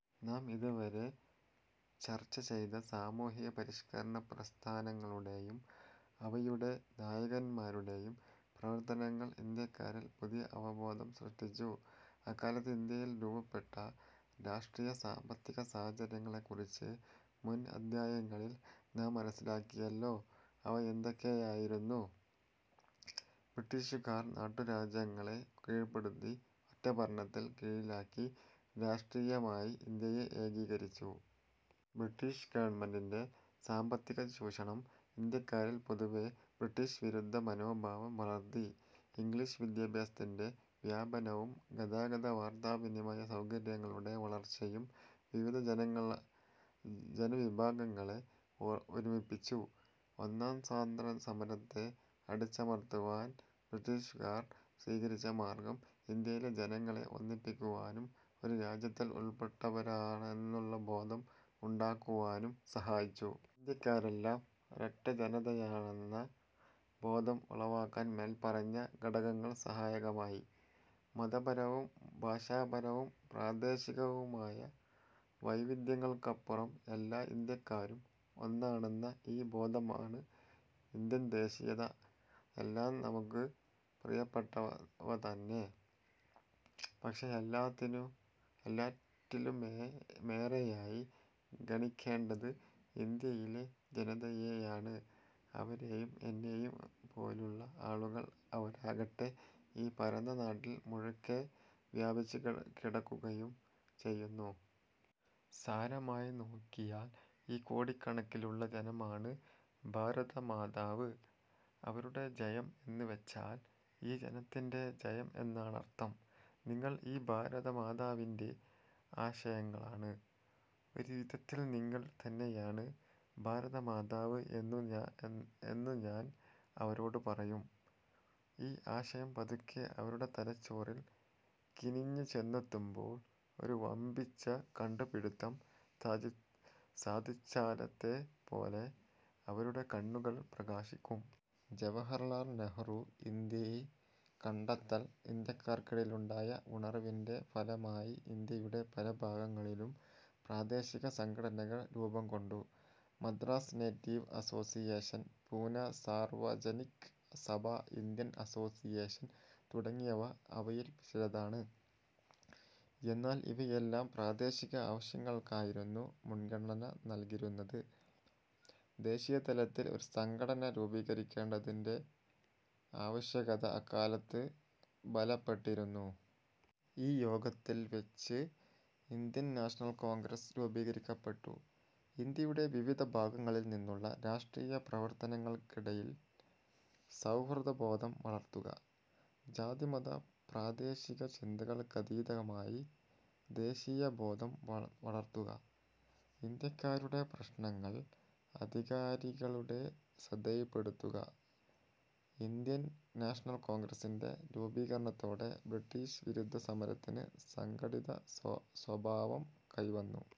നാം ഇതുവരെ ചർച്ച ചെയ്ത സാമൂഹിക പരിഷ്കരണ പ്രസ്ഥാനങ്ങളുടെയും അവയുടെ നായകൻമാരുടെയും പ്രവർത്തനങ്ങൾ ഇന്ത്യാക്കാരിൽ പുതിയ അവബോധം സൃഷ്ടിച്ചു. അക്കാലത്ത് ഇന്ത്യയിൽ രൂപപ്പെട്ട രാഷ്ട്രീയ-സാമ്പത്തിക സാഹചര്യങ്ങളെക്കുറിച്ച് മുൻ അധ്യായങ്ങളിൽ നാം മനസ്സിലാക്കിയല്ലോ. അവ എന്തൊക്കെയായിരുന്നു? ബ്രിട്ടീഷുകാർ നാട്ടുരാജ്യങ്ങളെ കീഴ്പ്പെടുത്തി ഒറ്റ ഭരണത്തിൻ കീഴിലാക്കി രാഷ്ട്രീയമായി ഇന്ത്യയെ ഏകീകരിച്ചു. ബ്രിട്ടീഷ് ഗവൺമെന്റിന്റെ സാമ്പത്തിക ചൂഷണം ഇന്ത്യക്കാരിൽ പൊതുവെ ബ്രിട്ടീഷ് വിരുദ്ധ മനോഭാവം വളർത്തി. ഇംഗ്ലീഷ് വിദ്യാഭ്യാസത്തിന്റെ വ്യാപനവും ഗതാഗത-വാർത്താവിനിമയ സൗകര്യങ്ങളുടെ വളർച്ചയും വിവിധ ജനവിഭാഗങ്ങളെ ഒരുമിപ്പിച്ചു. ഒന്നാം സ്വാതന്ത്ര്യസമരത്തെ അടിച്ചമർത്തുവാൻ ബ്രിട്ടീഷുകാർ സ്വീകരിച്ച മാർഗ്ഗം ഇന്ത്യയിലെ ജനങ്ങളെ ഒന്നിപ്പിക്കുവാനും ഒരു രാജ്യത്തിൽ ഉൾപ്പെട്ടവരാണെന്നുള്ള ബോധം ഉണ്ടാക്കുവാനും സഹായിച്ചു. ഇന്ത്യക്കാരെല്ലാം ഒരൊറ്റ ജനതയാണെന്ന ബോധം ഉളവാക്കാൻ മേൽപ്പറഞ്ഞ ഘടകങ്ങൾ സഹായകമായി. മതപരവും ഭാഷാപരവും പ്രാദേശികവുമായ വൈവിധ്യങ്ങൾക്കപ്പുറം എല്ലാ ഇന്ത്യാക്കാരും ഒന്നാണെന്ന ഈ ബോധമാണ് ഇന്ത്യൻ ദേശീയത. എല്ലാം നമുക്കു പ്രിയപ്പെട്ടവതന്നെ. പക്ഷേ എല്ലാറ്റിലുമേറെയായി ഗണിക്കേണ്ടത് ഇന്ത്യയിലെ ജനതയെയാണ്. അവരെയും എന്നെയും പോലുള്ള ആളുകൾ. അവരാകട്ടെ ഈ പരന്ന നാട്ടിൽ മുഴുക്കെ വ്യാപിച്ചു കിടക്കുകയും ചെയ്യുന്നു. സാരമായി നോക്കിയാൽ ഈ കോടിക്കണക്കിലുള്ള ജനമാണ് ഭാരതമാതാവ്. അവരുടെ ജയം എന്നുവെച്ചാൽ ഈ ജനത്തിന്റെ ജയം എന്നാണർത്ഥം. നിങ്ങൾ ഈ ഭാരതമാതാവിന്റെ അംശങ്ങളാണ്. ഒരു വിധത്തിൽ നിങ്ങൾ തന്നെയാണ് ഭാരതമാതാവ് എന്നു ഞാൻ അവരോടു പറയും. ഈ ആശയം പതുക്കെ അവരുടെ തലച്ചോറിൽ കിനിഞ്ഞു ചെന്നെത്തുമ്പോൾ, ഒരു വമ്പിച്ച കണ്ടുപിടിത്തം സാധിച്ചാലത്തെപ്പോലെ അവരുടെ കണ്ണു കൾ പ്രകാശിക്കും. ജവഹർലാൽ നെഹ്റു ഇന്ത്യയെ കണ്ടെത്തൽ ഇന്ത്യക്കാർക്കിടയിലുണ്ടായ ഉണർവിന്റെ ഫലമായി ഇന്ത്യയുടെ പല ഭാഗങ്ങളിലും പ്രാദേശിക സംഘടനകൾ രൂപംകൊണ്ടു. Madras native association, Poona Sarvajanik Sabha, Indian association തുടങ്ങിയവ അവയിൽ ചിലതാണ്. എന്നാൽ ഇവയെല്ലാം പ്രാദേശിക ആവശ്യങ്ങൾക്കായിരുന്നു മുൻഗണന നൽകിയിരുന്നത്. ദേശീയതലത്തിൽ ഒരു സംഘടന രൂപീകരിക്കേണ്ടതിന്റെ ആവശ്യകത അക്കാലത്ത് ബലപ്പെട്ടിരുന്നു. ഈ യോഗത്തിൽ വച്ച് ഇന്ത്യൻ നാഷണൽ കോൺഗ്രസ് രൂപീകരിക്കപ്പെട്ടു. ഇന്ത്യയുടെ വിവിധ ഭാഗങ്ങളിൽനിന്നുള്ള രാഷ്ട്രീയ പ്രവർത്തകർക്കിടയിൽ സൗഹൃദ ബോധം വളർത്തുക. ജാതി-മത-പ്രാദേശിക ചിന്തകൾക്കതീതമായി ദേശീയബോധം വളർത്തുക. ഇന്ത്യക്കാരുടെ പ്രശ്നങ്ങൾ അധികാരികളുടെ ശ്രദ്ധയിൽപ്പെടുത്തുക. ഇന്ത്യൻ നാഷണൽ കോൺഗ്രസിന്റെ രൂപീകരണത്തോടെ ബ്രിട്ടീഷ് വിരുദ്ധ സമരത്തിന് സംഘടിത സ്വഭാവം കൈവന്നു.